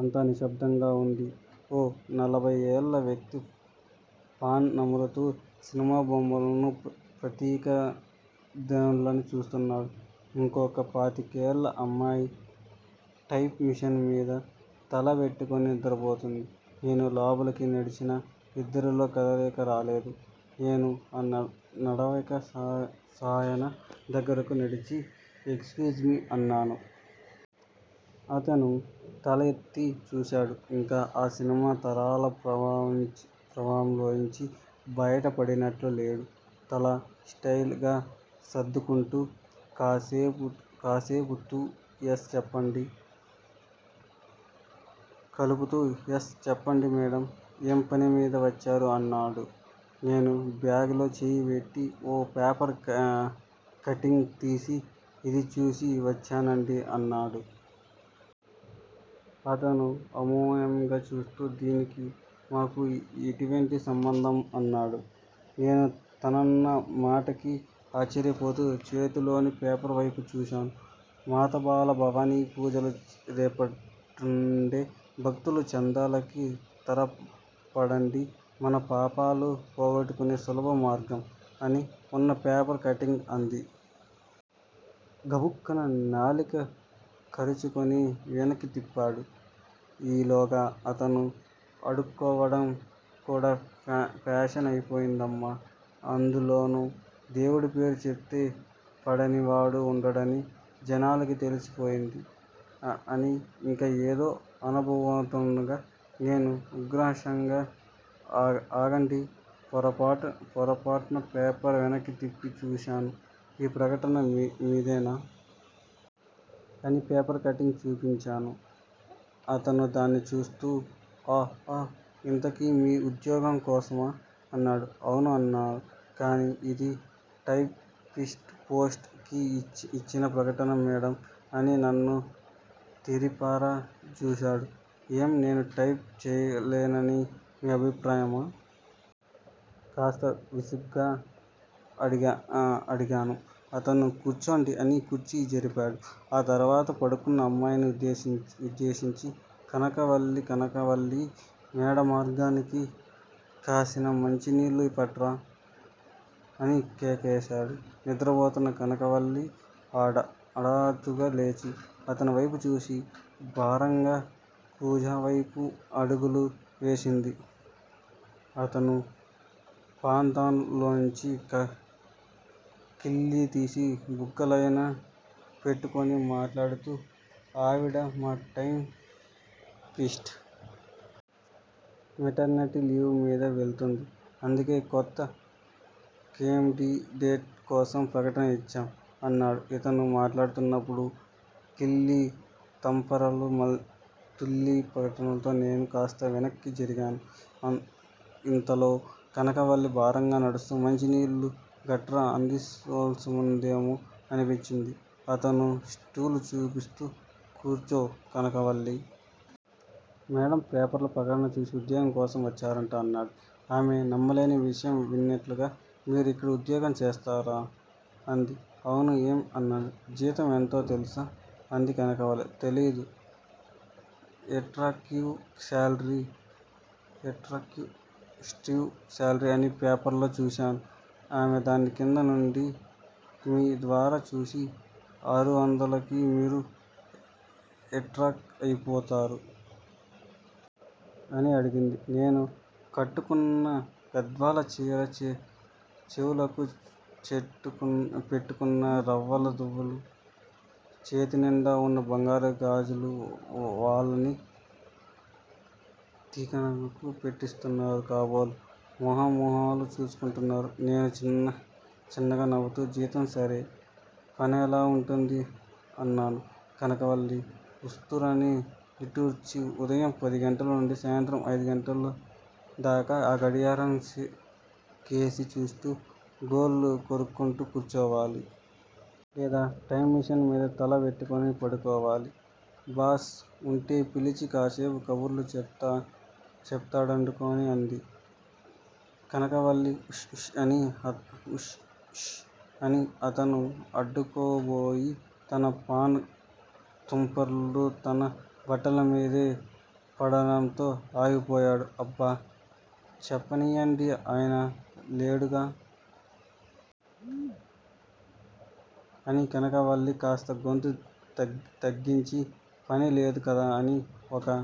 అంతా నిశ్శబ్దంగా వుంది. ఓ నలభై ఏళ్ళ వ్యక్తి పాన్ నములుతూ సినిమా బొమ్మలున్న పత్రిక దేన్నో చూస్తున్నాడు. ఇంకొక పాతికేళ్ళ అమ్మాయి టైప్ మిషన్ మీద తల పెట్టుకుని నిద్రపోతోంది. నేను లోపలికి నడిచినా ఇద్దరిలో కదలిక రాలేదు. నేను ఆ నడివయసాయన దగ్గరకు నడిచి- ఎక్యూజ్ మీ అన్నాను. అతను తలెత్తి చూశాడు. ఇంకా ఆ సినిమా తారల ప్రభావంలోంచి బయటపడినట్లు లేడు! తల స్టయిల్ గా సర్దుకుంటూ, కాలూపుతూ- ఎస్ చెప్పండి మేడమ్! ఏం పనిమీద వచ్చారూ? అన్నాడు. నేను బ్యాగ్ లో చెయ్యి పెట్టి ఓ పేపర్ కట్టింగ్ తీసి- ఇది చూసి వచ్చానండీ అన్నాను. అతను అయోమయంగా చూస్తూ- దీనికి మాకూ ఎటువంటి సంబంధం? అన్నాడు. నేను తనన్న ఆ మాటకి ఆశ్చర్యపోతూ చేతిలోని పేపర్ వైపు చూశాను. 'మాత బాల భవానీ పూజలు రేపట్నుండే, భక్తులు చందాలకి త్వరపడండి మన పాపాలు పోగొట్టుకునే సులభ మార్గం! ' అని వున్న పేపర్ కట్టింగ్ అంది! గబుక్కున నాలిక కరుచుకుని వెనక్కి తిప్పాడు. ఈలోగా అతను- అడుక్కోవడం కూడా ఫ్యాషన్ అయిపోయిందమ్మా! అందులోనూ దేవుడి పేరు చెప్తే పడని వాడు వుండడని జానానికి తెలిసి పోయింది అని ఇంకా ఏదో అనబోతుండగా- నేను ఉక్రోషంగా ఆగండి పొరపాట పోరపోట్న పేపర్ వెనక్కి తిప్పి చూసాను ఈ ప్రకటన మీదేనా! అని పేపర్ కట్టింగ్ చూపించాను. అతను దాన్ని చూస్తూ- ఆఁ ఆఁ! ఇంతకీ మీరు ఉద్యోగం కోసమా? అన్నాడు. ఔను అన్నాను. కానీ ఇది టై పిస్ట్ పోస్ట్ కి ఇచ్చిన ప్రకటన మేడమ్ అని నన్ను తేరిపార జూశాడు. ఏం, నేను టైప్ చెయ్యలేననిమీ అభిప్రాయమా? కాస్త విసుగ్గా అడిగా అడిగాను. అతను కూర్చోండి అని కుర్చీ జరిపాడు ఆ తర్వాత పడుకున్న అమ్మాయిని ఉద్దేశించి- కనక వల్లీ కనకవల్లీ మేడమ్గారికి కాసిని మంచినీళ్ళు పట్రా! అని కేకేశాడు. నిద్రపోతున్న కనకవల్లీ అదాతుగా లేచి, అతనివైపు చూసి, భారంగా కూజావైపు అడుగులు వేసింది. అతను పాన్ దాన్ లోంచి కిళ్లీ తీసి బుగ్గలేన పెట్టుకుని మాట్లాడ్తూ- ఆవిడ మా టై పిస్ట్! మెటర్నిటి లీవ్ మీద వెళ్తోంది. అందుకే కొత్త కేండిడేట్ కోసం ప్రకటన ఇచ్చాం అన్నాడు. ఇ తను మాట్లాడ్తున్నప్పుడు కిళ్లీ తంపరలు తుళ్ళి పడటంతో నేను కాస్త వెనక్కి జరిగాను. ఇంతలో కనకవల్లి భారంగా నడుస్తూ మంచి నీళ్ళూ గట్రా అందించాల్సోస్తుందేమో అనిపించింది. అతను స్టూలు చూపిస్తూ- కూర్చో కనకవల్లి! మేడమ్ పేపర్లో ప్రకటన చూసి ఉద్యోగం కోసం వచ్చారట అన్నాడు. ఆమె నమ్మలేని విషయం విన్నట్లుగా- మీరు ఇక్కడ ఉద్యోగం చేస్తారా? అంది. ఔనూ ఏం? అన్నాను. జీతం ఎంతో తెలుసా? అంది కనకవల్లి. తెలీదు ఎట్రాక్టివ్ శాలరీ అని పేపర్లో చూశాను ఆమె నన్ను క్రింద నుండి మీది దాకా చూసి, ఆరువందలకి మీరు ఎట్రాక్ట్ అయిపోతారు? అని అడిగింది. నేను కట్టుకున్న గద్వాలచీరా, చెవులకి పెట్టుకున్న రవ్వల దుద్దులూ, చేతినిండా వున్న బంగారు గాజులూ వాళ్ళని తికనుక పెట్టెస్తున్నాయి కాబోలు! మొహ మొహాలు చూసుకుంటున్నారు. నేను చిన్నగా నవ్వుతూ- జీతం సరే! పనెలా వుంటుంది? అన్నాను. కనకవల్లి ఉస్సూరని నిట్టూర్చి- ఉదయం పదిగంటల నుండి సాయంత్రం ఐదు దాకా ఆ గడియారం కేసి చూస్తూ గోళ్ళు కొరుకుంటూ కూర్చోవాలి! లేదా ఆ టైప్ మిషన్ మీద తల పెట్టుకుని పడుకోవాలి! బాస్ వుంటే పిలిచి కాసేపు కబుర్లు చెప్తా చెప్తాడనుకొండీ అంది. కనకవల్లీ ఉష్ ఉష్ అని అతను అడ్డుకో బోయి, తన పాన్ తుంపర్లు తన బట్టలమీదే పడటంతో ఆగిపోయాడు. అబ్బా చెప్పనీయండీ ఆయన లేడుగా అని కనకవల్లి కాస్త గొంతు తగ్గించి-' పని లేదు కదా అని ఒక